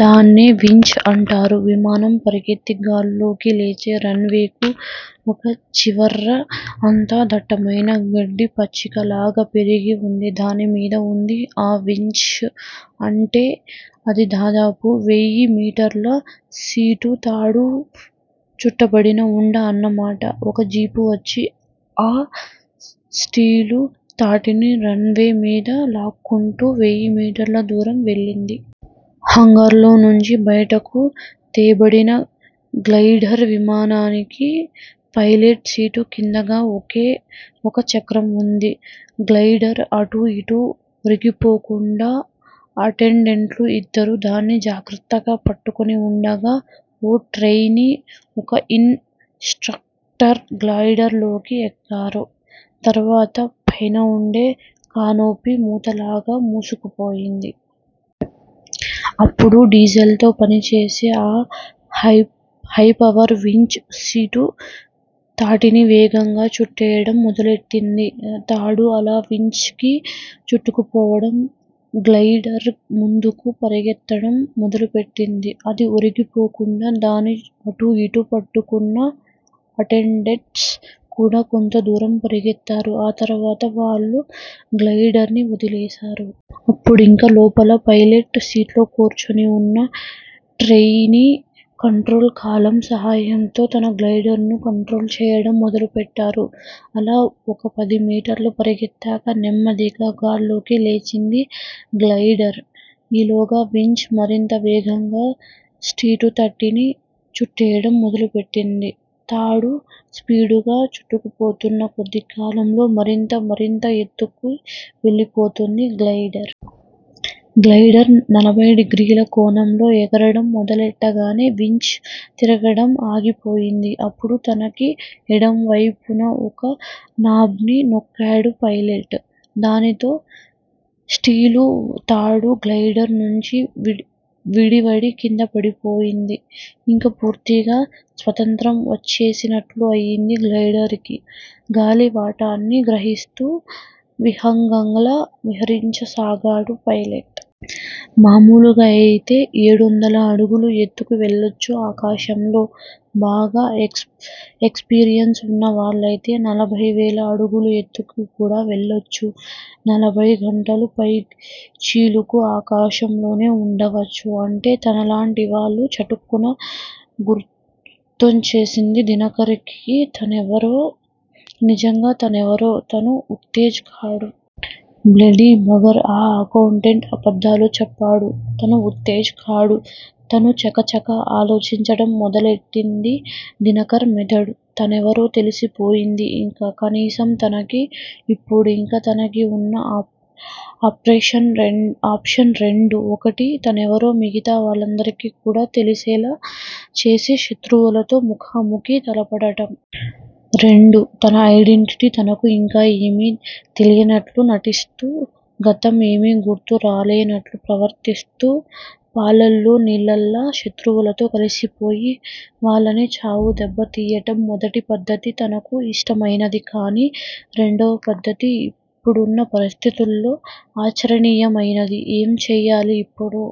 దాన్నే వించ్ అంటారు. విమానం పరిగెత్తి గాల్లోకి లేచే రన్ వేకి ఒక చివర్న అంతా దట్టమయిన గడ్డి పచ్చిక లాగా పెరిగి వుంది. దానిమీద వుంది ఆ వించ్. అంటే అది దాదాపు వెయ్యి మీటర్ల స్టీలు తాడు చుట్టబడిన ఉండ అన్నమాట. ఒక జీపు వచ్చి ఆ స్టీలు తాటిని రన్ వే మీద లాక్కుంటూ వెయ్యిమీటర్ల దూరం వెళ్ళింది. హాంగార్ లో నుంచి బయటికి తేబడిన గ్లయిడర్ విమానానికి ఫైలట్ సీటు కిందగా ఒకే ఒక చక్రం వుంది. గ్లయిడర్ అటూ ఇటూ ఒరిగిపోకుండా అటెండెంట్లు ఇద్దరు దాన్ని జాగ్రత్తగా పట్టుకుని వుండగా, ఒక ట్రెయినీ, ఒక ఇన్ స్ట్రక్టరూ గ్లయిడర్ లోకి ఎక్కారు. తర్వాత పైన ఉండే కానోపీ మూతలాగా మూసుకుపోయింది. అప్పుడు, డీజెల్ తో పనిచేసే ఆ హైపవర్ వించ్ స్టీలు తాటిని వేగంగా చుట్టెయ్యడం మొదలెట్టింది. తాడు అలా వించ్ కి చుట్టుకుపోతుంటే గ్లయిడర్ ముందుకు పరిగెత్తడం మొదలెట్టింది. అది ఒరిగిపోకుండా దాన్ని అటూ ఇటూ పట్టుకున్న అటెండెంట్స్ కూడా కొంత దూరం పరిగెత్తారు. ఆ తర్వాత వాళ్ళు గ్లయిడర్ ని వదిలేశారు. అప్పుడింక లోపల ఫైలట్ సీట్లో కూర్చుని వున్న ట్రెయినీ, కంట్రోల్ కాలమ్ సాయంతో తనే గ్లయిడర్ ని కంట్రోల్ చెయ్యడం మొదలెట్టాడు. అలా ఒక పదిమీటర్లు పరిగెత్తాక, నెమ్మదిగా గాల్లోకి లేచింది గ్లయిడర్. ఈలోగా- వించ్ మరింత వేగంగా స్టీలు తటిని చుట్టెయ్యడం మొదలెట్టింది. తాడు స్పీడుగా చుట్టుకుపోతున్న కొద్దీ గాల్లో మరింత మరింత ఎత్తుకి వెళ్ళిపోతోంది గ్లయిడర్. గ్లయిడర్ నలభైడిగ్రీల కోణంలో ఎగరడం మొదలెట్టగానే, వించ్ తిరగడం ఆగిపోయింది. అప్పుడు, తనకి ఎడం వైపున ఒక నాబ్ ని నొక్కాడు ఫైలట్. దానితో స్టీలు తాడు గ్లయిడర్ నుంచి విడివడి కిందపడిపోయింది. ఇంక పూర్తిగా స్వతంత్ర్యం వచ్చేసినట్లయింది గ్లయిడర్ కి. గాలి వాటాన్ని గ్రహిస్తూ, విహంగంలా విహరించసాగాడు ఫైలట్. మామూలుగా అయితే ఏడొందల అడుగుల ఎత్తుకి వెళ్ళొచ్చు ఆకాశంలో. బాగా ఎక్స్ పీరియన్స్ ఉన్న వాళ్ళయితే నలభైవేల అడుగుల ఎత్తుకి కూడా వెళ్ళొచ్చు. నలభై గంటల పైచిలుకు ఆకాశంలోనే ఉండొచ్చు. అంటే తనలాంటి వాళ్ళు. చటుక్కున గుర్తొచ్చేసింది దినకర్ కి తనెవరో నిజంగా తనెవరో! తను ఉత్తేజ్ కాడు! Bloody bugger! ఆ అకౌంటెంట్ అబద్దాలు చెప్పాడు! తను ఉత్తేజ్ కాడు! తను చకచక ఆలోచించడం మొదలెట్టింది దినకర్ మెదడు. తనెవరో తెలిసిపోయింది ఇంక! కనీసం తనకి! ఇప్పుడింక తనకి వున్న ఆప్షన్స్ రెండు! ఒకటి తనెవరో మిగతా వాళ్ళందరికీ కూడా తెలిసేలా చేసి శత్రువులతో ముఖాముఖీ తలపడడం. రెండు. తన ఐడెంటిటీ తనకు ఇంకా ఏమీ తెలియనట్లే నటిస్తూ, గతం ఏమీ గుర్తు రానట్లే ప్రవర్తిస్తూ, పాలల్లో నీళ్ళలా శత్రువులతో కలిసిపోయి, వాళ్ళని చావు దెబ్బ తియ్యడం. మొదటి పద్దతి తనకు ఇష్టమయినది. కానీ రెండోపద్దతి ఇప్పుడున్న పరిస్థితుల్లో ఆచరణీయమయినది. ఏం చెయ్యాలి ఇప్పుడు?